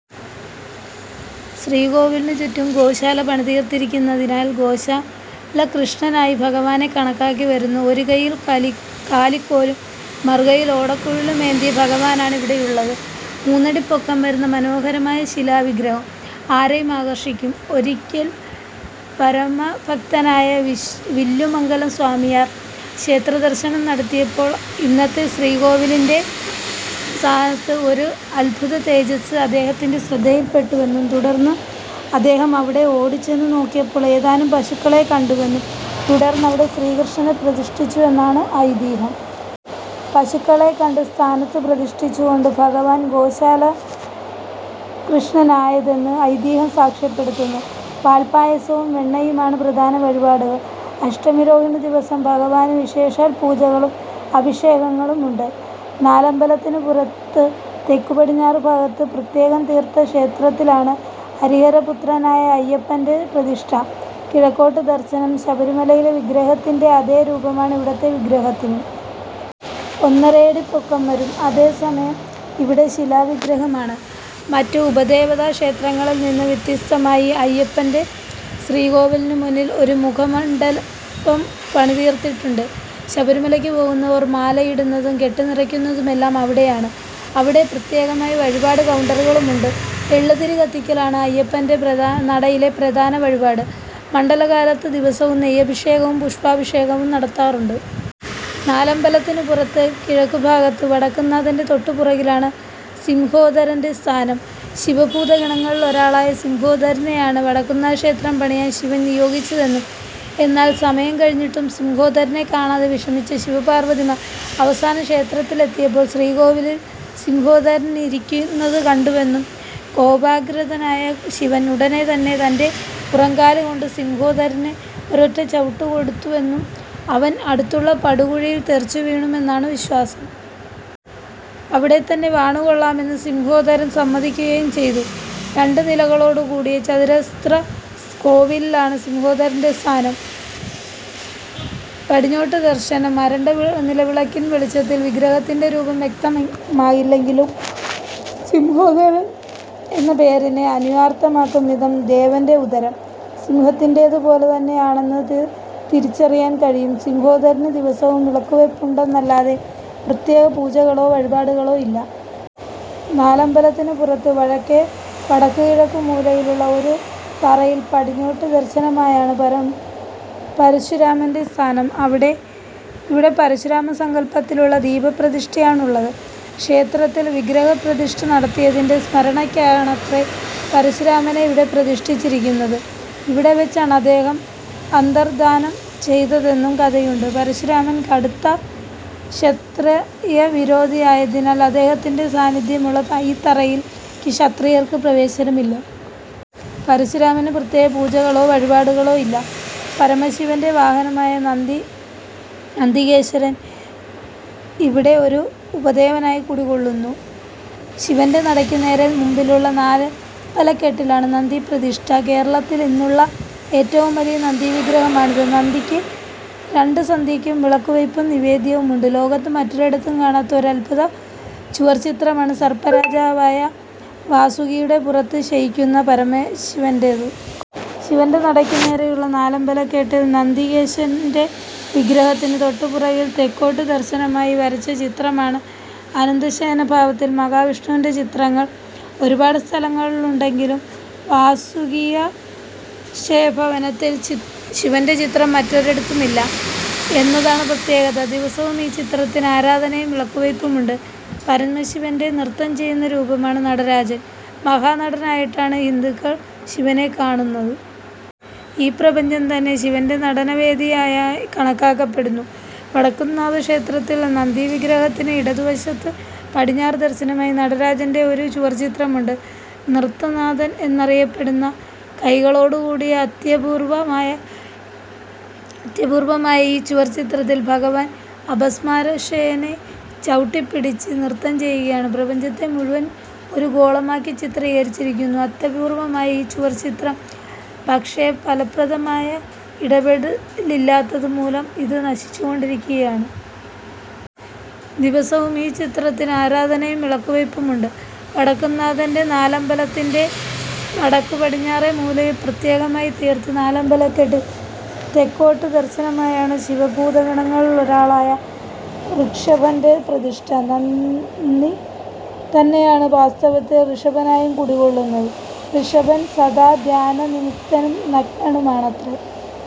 ശ്രീകോവിലിനുചുറ്റും ഗോശാല പണിതീർത്തിരിയ്ക്കുന്നതിനാൽ ഗോശാലകൃഷ്ണനായി ഭഗവാനെ കണക്കാക്കിവരുന്നു. ഒരുകയ്യിൽ കാലിക്കോലും മറുകയ്യിൽ ഓടക്കുഴലുമേന്തിയ ഭഗവാനാണ് ഇവിടെയുള്ളത്. മൂന്നടി പൊക്കം വരുന്ന മനോഹരമായ ശിലാവിഗ്രഹം ആരെയും ആകർഷിയ്ക്കും. ഒരിയ്ക്കൽ പരമഭക്തനായ വില്വമംഗലം സ്വാമിയാർ ക്ഷേത്രദർശനത്തിനെത്തിയപ്പോൾ ഇന്നത്തെ ശ്രീകോവിലിന്റെ സ്ഥാനത്ത് ഒരു അത്ഭുതതേജസ്സ് അദ്ദേഹത്തിന്റെ ശ്രദ്ധയിൽ പെട്ടുവെന്നും തുടർന്ന് അദ്ദേഹം അവിടെ ഓടിച്ചെന്ന് നോക്കിയപ്പോൾ ഏതാനും പശുക്കളെ കണ്ടുവെന്നും തുടർന്ന് അവിടെ ശ്രീകൃഷ്ണനെ പ്രതിഷ്ഠിച്ചുവെന്നുമാണ് ഐതിഹ്യം. പശുക്കളെ കണ്ട് സ്ഥാനത്ത് പ്രതിഷ്ഠിച്ചതുകൊണ്ടാണ് ഭഗവാൻ ഗോശാലകൃഷ്ണനായതെന്ന് ഐതിഹ്യം സാക്ഷ്യപ്പെടുത്തുന്നു. പാൽപ്പായസവും വെണ്ണയുമാണ് പ്രധാന വഴിപാടുകൾ. അഷ്ടമിരോഹിണിദിവസം ഭഗവാന് വിശേഷാൽ പൂജകളും അഭിഷേകങ്ങളുമുണ്ട്. നാലമ്പലത്തിനുപുറത്ത് തെക്കുപടിഞ്ഞാറുഭാഗത്ത് പ്രത്യേകം തീർത്ത ക്ഷേത്രത്തിലാണ് ഹരിഹരപുത്രനായ അയ്യപ്പന്റെ പ്രതിഷ്ഠ. കിഴക്കോട്ട് ദർശനം. ശബരിമലയിലെ വിഗ്രഹത്തിന്റെ അതേ രൂപമാണ് ഇവിടത്തെ വിഗ്രഹത്തിനും. ഒന്നരയടി പൊക്കം വരും. അതേസമയം ഇവിടെ ശിലാവിഗ്രഹമാണ്. മറ്റ് ഉപദേവതാക്ഷേത്രങ്ങളിൽനിന്ന് വ്യത്യസ്തമായി അയ്യപ്പന്റെ ശ്രീകോവിലിനുമുന്നിൽ ഒരു മുഖമണ്ഡപം പണിതീർത്തിട്ടുണ്ട്. ശബരിമലയ്ക്ക് പോകുന്നവർ മാലയിടുന്നതും കെട്ടുനിറയ്ക്കുന്നതുമെല്ലാം അവിടെയാണ്. അവിടെ പ്രത്യേകമായി വഴിപാട് കൗണ്ടറുമുണ്ട്. എള്ളുതിരി കത്തിയ്ക്കലാണ് അയ്യപ്പന്റെ നടയിലെ പ്രധാന വഴിപാട്. മണ്ഡലകാലത്ത് ദിവസവും നെയ്യഭിഷേകവും പുഷ്പാഭിഷേകവും നടത്താറുണ്ട്. നാലമ്പലത്തിനുപുറത്ത് കിഴക്കുഭാഗത്ത് വടക്കുംനാഥന്റെ തൊട്ടുപുറകിലാണ് സിംഹോദരന്റെ സ്ഥാനം. ശിവഭൂതഗണങ്ങളിലൊരാളായ സിംഹോദരനെയാണ് വടക്കുംനാഥക്ഷേത്രം പണിയാൻ ശിവൻ നിയോഗിച്ചതെന്നും എന്നാൽ സമയം കഴിഞ്ഞിട്ടും സിംഹോദരനെ കാണാതെ വിഷമിച്ച ശിവപാർവ്വതിമാർ അവസാനം ക്ഷേത്രത്തിലെത്തിയപ്പോൾ ശ്രീകോവിലിൽ സിംഹോദരനിരിയ്ക്കുന്നത് കണ്ടുവെന്നും കോപാക്രാന്തനായ ശിവൻ ഉടനെത്തന്നെ തന്റെ പുറംകാലുകൊണ്ട് സിംഹോദരന് ഒരൊറ്റ ചവിട്ടുകൊടുത്തുവെന്നും അവൻ അടുത്തുള്ള പടുകുഴിയിൽ തെറിച്ചുവീണുവെന്നുമാണ് വിശ്വാസം. അവിടെത്തന്നെ വാണുകൊള്ളാമെന്ന് സിംഹോദരൻ സമ്മതിയ്ക്കുകയും ചെയ്തു. രണ്ടുനിലകളോടുകൂടിയ ചതുരശ്രീകോവിലിലാണ് സിംഹോദരന്റെ സ്ഥാനം. പടിഞ്ഞാട്ട് ദർശനം. അരണ്ട നിലവിളക്കിൻ വെളിച്ചത്തിൽ വിഗ്രഹത്തിന്റെ രൂപം വ്യക്തമാകില്ലെങ്കിലും സിംഹോദരൻ എന്ന പേരിനെ അന്വർത്ഥമാക്കും വിധം ദേവന്റെ ഉദരം സിംഹത്തിന്റേതുപോലെയാണെന്നത് തിരിച്ചറിയാൻ കഴിയും. സിംഹോദരന് ദിവസവും വിളക്കുവയ്പുണ്ടെന്നല്ലാതെ പ്രത്യേകപൂജകളോ വഴിപാടുകളോ ഇല്ല. നാലമ്പലത്തിനുപുറത്ത് വടക്കുകിഴക്കേമൂലയിലുള്ള ഒരു തറയിൽ പടിഞ്ഞാട്ട് ദർശനമായാണ് പരശുരാമന്റെ സ്ഥാനം. ഇവിടെ പരശുരാമസങ്കല്പത്തിലുള്ള ദീപപ്രതിഷ്ഠയാണുള്ളത്. ക്ഷേത്രത്തിൽ വിഗ്രഹപ്രതിഷ്ഠ നടത്തിയതിന്റെ സ്മരണയ്ക്കാണത്രേ പരശുരാമനെ ഇവിടെ പ്രതിഷ്ഠിച്ചിരിയ്ക്കുന്നത്. ഇവിടെ വച്ചാണ് അദ്ദേഹം അന്തർദ്ധാനം ചെയ്തതെന്നും കഥയുണ്ട്. പരശുരാമൻ കടുത്ത ക്ഷത്രിയവിരോധിയായതിനാൽ അദ്ദേഹത്തിന്റെ സാന്നിദ്ധ്യമുള്ള ഈ തറയിലേയ്ക്ക് ക്ഷത്രിയർക്ക് പ്രവേശനമില്ല. പരശുരാമന് പ്രത്യേകപൂജകളോ വഴിപാടുകളോ ഇല്ല. പരമശിവന്റെ വാഹനമായ നന്തികേശ്വരൻ ഇവിടെ ഒരു ഉപദേവനായി കുടികൊള്ളുന്നു. ശിവന്റെ നടയ്ക്കുനേരെ മുമ്പിലുള്ള നാലമ്പലക്കെട്ടിലാണ് നന്തിപ്രതിഷ്ഠ. കേരളത്തിൽ ഇന്നുള്ള ഏറ്റവും വലിയ നന്തിവിഗ്രഹമാണിത്. നന്തിയ്ക്ക് രണ്ട് സന്ധ്യയ്ക്കും വിളക്കുവയ്പും നിവേദ്യവുമുണ്ട്. ലോകത്ത് മറ്റൊരിടത്തും കാണാത്ത ഒരു അത്ഭുത ചുവർച്ചിത്രമാണ് സർപ്പരാജാവായ വാസുകിയുടെ പുറത്ത് ശയിയ്ക്കുന്ന പരമശിവന്റേത്. ശിവന്റെ നടയ്ക്കുനേരെയുള്ള നാലമ്പലക്കെട്ടിൽ നന്തികേശ്വരന്റെ വിഗ്രഹത്തിന് തൊട്ടുപുറകിൽ തെക്കോട്ട് ദർശനമായി വരച്ച ചിത്രമാണിത്. അനന്തശയനഭാവത്തിൽ മഹാവിഷ്ണുവിന്റെ ചിത്രങ്ങൾ ഒരുപാട് സ്ഥലങ്ങളിലുണ്ടെങ്കിലും വാസുകീശയനഭാവത്തിൽ ശിവന്റെ ചിത്രം മറ്റൊരിടത്തുമില്ല എന്നതാണ് പ്രത്യേകത. ദിവസവും ഈ ചിത്രത്തിന് ആരാധനയും വിളക്കുവയ്പുമുണ്ട്. പരമശിവന്റെ നൃത്തം ചെയ്യുന്ന രൂപമാണ് നടരാജൻ. മഹാനടനനായിട്ടാണ് ഹിന്ദുക്കൾ ശിവനെ കാണുന്നത്. ഈ പ്രപഞ്ചം തന്നെ ശിവന്റെ നടനവേദിയായി കണക്കാക്കപ്പെടുന്നു. വടക്കുംനാഥക്ഷേത്രത്തിൽ നന്തിവിഗ്രഹത്തിന് ഇടതുവശത്ത് പടിഞ്ഞാട്ട് ദർശനമായി നടരാജന്റെ ഒരു ചുവർച്ചിത്രമുണ്ട്. നൃത്തനാഥൻ എന്നറിയപ്പെടുന്നത്. കൈകളോടുകൂടിയ അത്യപൂർവ്വമായ ഈ ചുവർച്ചിത്രത്തിൽ ഭഗവാൻ അപസ്മാരയക്ഷനെ ചവുട്ടിപ്പിടിച്ച് നൃത്തം ചെയ്യുകയാണ്. പ്രപഞ്ചത്തെ മുഴുവൻ ഒരു ഗോളമാക്കി ചിത്രികരിച്ചിരിയ്ക്കുന്നു. അത്യപൂർവ്വമായ ഈ ചുവർച്ചിത്രം, പക്ഷേ ഫലപ്രദമായ ഇടപെടലില്ലാത്തതുമൂലം ഇത് നശിച്ചുകൊണ്ടിരിയ്ക്കുകയാണ്. ദിവസവും ഈ ചിത്രത്തിനും ആരാധനയും വിളക്കുവയ്പുമുണ്ട്. വടക്കുംനാഥന്റെ നാലമ്പലത്തിന്റെ വടക്കുപടിഞ്ഞാറേമൂലയിൽ പ്രത്യേകമായിത്തീർത്ത് നാലമ്പലക്കെട്ടിൽ തെക്കോട്ട് ദർശനമായാണ് ശിവഭൂതഗണങ്ങളിലൊരാളായ ഋഷഭന്റെ പ്രതിഷ്ഠ. നന്ദി തന്നെയാണ് വാസ്തവത്തിൽ ഋഷഭനായും കുടികൊള്ളുന്നത്. ഋഷഭൻ സദാ ധ്യാനനിമഗ്നനും നഗ്നണുമാണത്രേ!